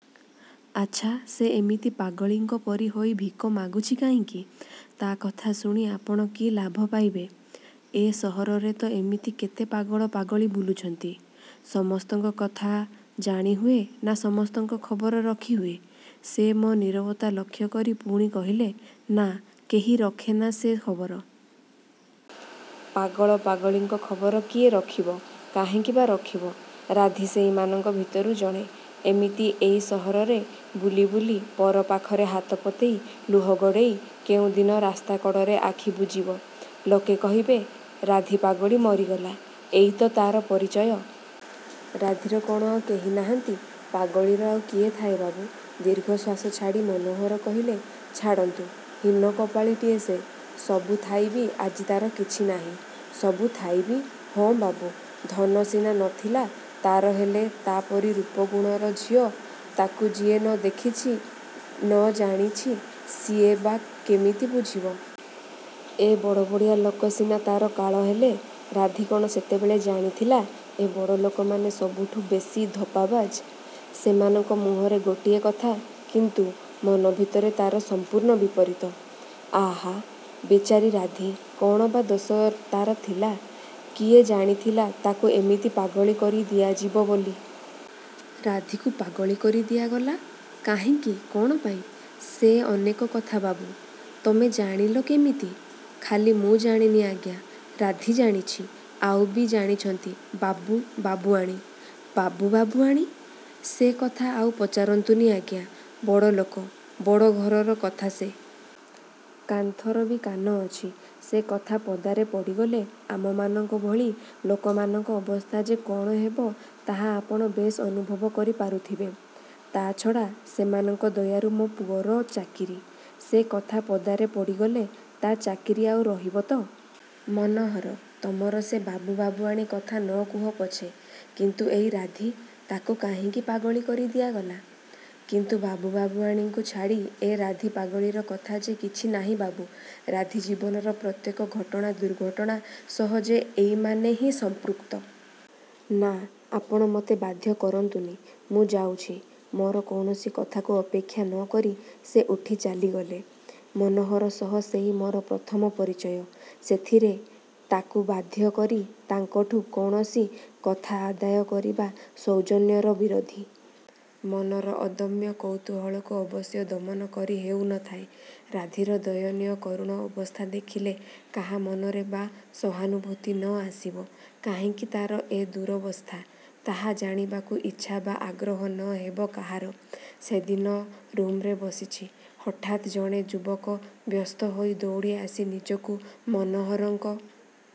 ଆଚ୍ଛା ସେ ଏମିତି ପାଗଳୀଙ୍କ ପରି ହୋଇ ଭିକ ମାଗୁଛି କାହିଁକି? ତା' କଥା ଶୁଣି ଆପଣ କି ଲାଭ ପାଇବେ? ଏ ସହରରେ ତ ଏମିତି କେତେ ପାଗଳ ପାଗଳୀ ବୁଲୁଛନ୍ତି। ସମସ୍ତଙ୍କ କଥା ଜାଣି ହୁଏ, ନା ସମସ୍ତଙ୍କ ଖବର ରଖିହୁଏ? ସେ ମୋ' ନିରବତା ଲକ୍ଷ୍ୟ କରି ପୁଣି କହିଲେ-ନା, କେହି ରଖେନା ସେ ଖବର। ପାଗଳ ପାଗଳୀଙ୍କ ଖବର କିଏ ରଖିବ? କାହିଁକି ବା ରଖିବ? ରାଧି ସେଇମାନଙ୍କ ଭିତରୁ ଜଣେ-। ଏମିତି ଏଇ ସହରରେ ବୁଲିବୁଲି ପର ପାଖରେ ହାତ ପତେଇ, ଲୁହ ଗଡ଼େଇ କେଉଁ ଦିନ ରାସ୍ତାକଡ଼ରେ ଆଖି ବୁଜିବ। ଲୋକେ କହିବେ-ରାଧି ପାଗଳୀ ମରିଗଲା। ଏଇ ତ ତା'ର ପରିଚୟ। ରାଧିର କ'ଣ ଆଉ କେହି ନାହାଁନ୍ତି? 'ପାଗଳୀର ଆଉ କିଏ ଥାଏ ବାବୁ? ଦୀର୍ଘଶ୍ଵାସ ଛାଡ଼ି ମନୋହର କହିଲେ-' ଛାଡ଼ନ୍ତୁ ହୀନକପାଳୀଟିଏ ସେ, ସବୁଥାଇ ବି ଆଜି ତା'ର କିଛି ନାହିଁ। ସବୁ ଥାଇ ବି? ହଁ ବାବୁ, ଧନ ସିନା ନ ଥିଲା ତା'ର ହେଲେ ତା'ପରି ରୂପଗୁଣର ଝିଅ-ତାକୁ ଯିଏ ନ ଦେଖିଛି, ନ ଜାଣିଛି ସିଏ ବା କିମିତି ବୁଝିବ? ଏ ବଡ଼ବଡ଼ିଆ ଲୋକ ସିନା ତା'ର କାଳ ହେଲେ। ରାଧି କ'ଣ ସେତେବେଳେ ଜାଣିଥିଲା ଏଇ ବଡ଼ଲୋକମାନେ ସବୁଠୁଁ ବେଶୀ ଧପ୍ପାବାଜ୍-ସେମାନଙ୍କ ମୁହଁରେ ଗୋଟିଏ କଥା, କିନ୍ତୁ ମନ ଭିତରେ ତା'ର ସମ୍ପୂର୍ଣ୍ଣ ବିପରୀତ। ଆହାଃ ବିଚାରୀ ରାଧି-କ'ଣ ବା ଦୋଷ ତା'ର ଥିଲା? କିଏ ଜାଣିଥିଲା ତାକୁ ଏମିତି ପାଗଳୀ କରି ଦିଆଯିବ ବୋଲି-! ରାଧିକୁ ପାଗଳୀ କରି ଦିଆଗଲା? କାହିଁକି, କ'ଣ ପାଇଁ? ସେ ଅନେକ କଥା ବାବୁ ତମେ ଜାଣିଲ କେମିତି? ଖାଲି ମୁଁ ଜାଣିନି ଆଜ୍ଞା-ରାଧି ଜାଣିଛି, ଆଉ ବି ଜାଣିଛନ୍ତି ବାବୁ ବାବୁଆଣୀ। ବାବୁ ବାବୁଆଣୀ? ସେ କଥା ଆଉ ପଚାରନ୍ତୁନି ଆଜ୍ଞା। ବଡ଼ଲୋକ, ବଡ଼ ଘରର କଥା ସେ। କାନ୍ଥର ବି କାନ ଅଛି। ସେ କଥା ପଦାରେ ପଡ଼ିଗଲେ ଆମମାନଙ୍କ ଭଳି ଲୋକମାନଙ୍କ ଅବସ୍ଥା ଯେ କ'ଣ ହେବ ତାହା ଆପଣ ବେଶ୍ ଅନୁଭବ କରି ପାରୁଥିବେ। ତା'ଛଡ଼ା ସେମାନଙ୍କ ଦୟାରୁ ମୋ' ପୁଅର ଚାକିରି। ସେ କଥା ପଦାରେ ପଡ଼ିଗଲେ ତା' ଚାକିରି ଆଉ ରହିବ ତ? ମନୋହର, ତମର ସେ ବାବୁ ବାବୁଆଣୀ କଥା ନ କୁହ ପଛେ କିନ୍ତୁ ଏଇ ରାଧି ତାକୁ କାହିଁକି ପାଗଳୀ କରି ଦିଆଗଲା? କିନ୍ତୁ ବାବୁ ବାବୁଆଣୀଙ୍କୁ ଛାଡ଼ି ଏ ରାଧି ପାଗଳୀର କଥା ଯେ କିଛି ନାହିଁ ବାବୁ। ରାଧି ଜୀବନର ପ୍ରତ୍ୟେକ ଘଟଣା ଦୁର୍ଘଟଣା ସହ ଯେ ଏଇମାନେ ହିଁ ସଂପୃକ୍ତ। ନା, ଆପଣ ମୋତେ ବାଧ୍ୟ କରନ୍ତୁନି। ମୁଁ ଯାଉଛି। ମୋର କୌଣସି କଥାକୁ ଅପେକ୍ଷା ନ କରି ସେ ଉଠି ଚାଲିଗଲେ। ମନୋହର ସହ ସେଇ ମୋର ପ୍ରଥମ ପରିଚୟ। ସେଥିରେ ତାକୁ ବାଧ୍ୟ କରି ତାଙ୍କଠୁ କୌଣସି କଥା ଆଦାୟ କରିବା ସୌଜନ୍ୟର ବିରୋଧୀ। ମନର ଅଦମ୍ୟ କୌତୂହଳକୁ ଅବଶ୍ୟ ଦମନ କରି ହେଉ ନଥାଏ। ରାଧିର ଦୟନୀୟ କରୁଣ ଅବସ୍ଥା ଦେଖିଲେ କାହା ମନରେ ବା ସହାନୁଭୂତି ନ ଆସିବ, କାହିଁକି ତା'ର ଏ ଦୂରବସ୍ଥା-ତାହା ଜାଣିବାକୁ ଇଚ୍ଛା ବା ଆଗ୍ରହ ନ ହେବ କାହାର? ସେଦିନ ରୁମ୍ରେ ବସିଛି। ହଠାତ୍ ଜଣେ ଯୁବକ ବ୍ୟସ୍ତ ହୋଇ ଦୌଡ଼ି ଆସି ନିଜକୁ ମନୋହରଙ୍କ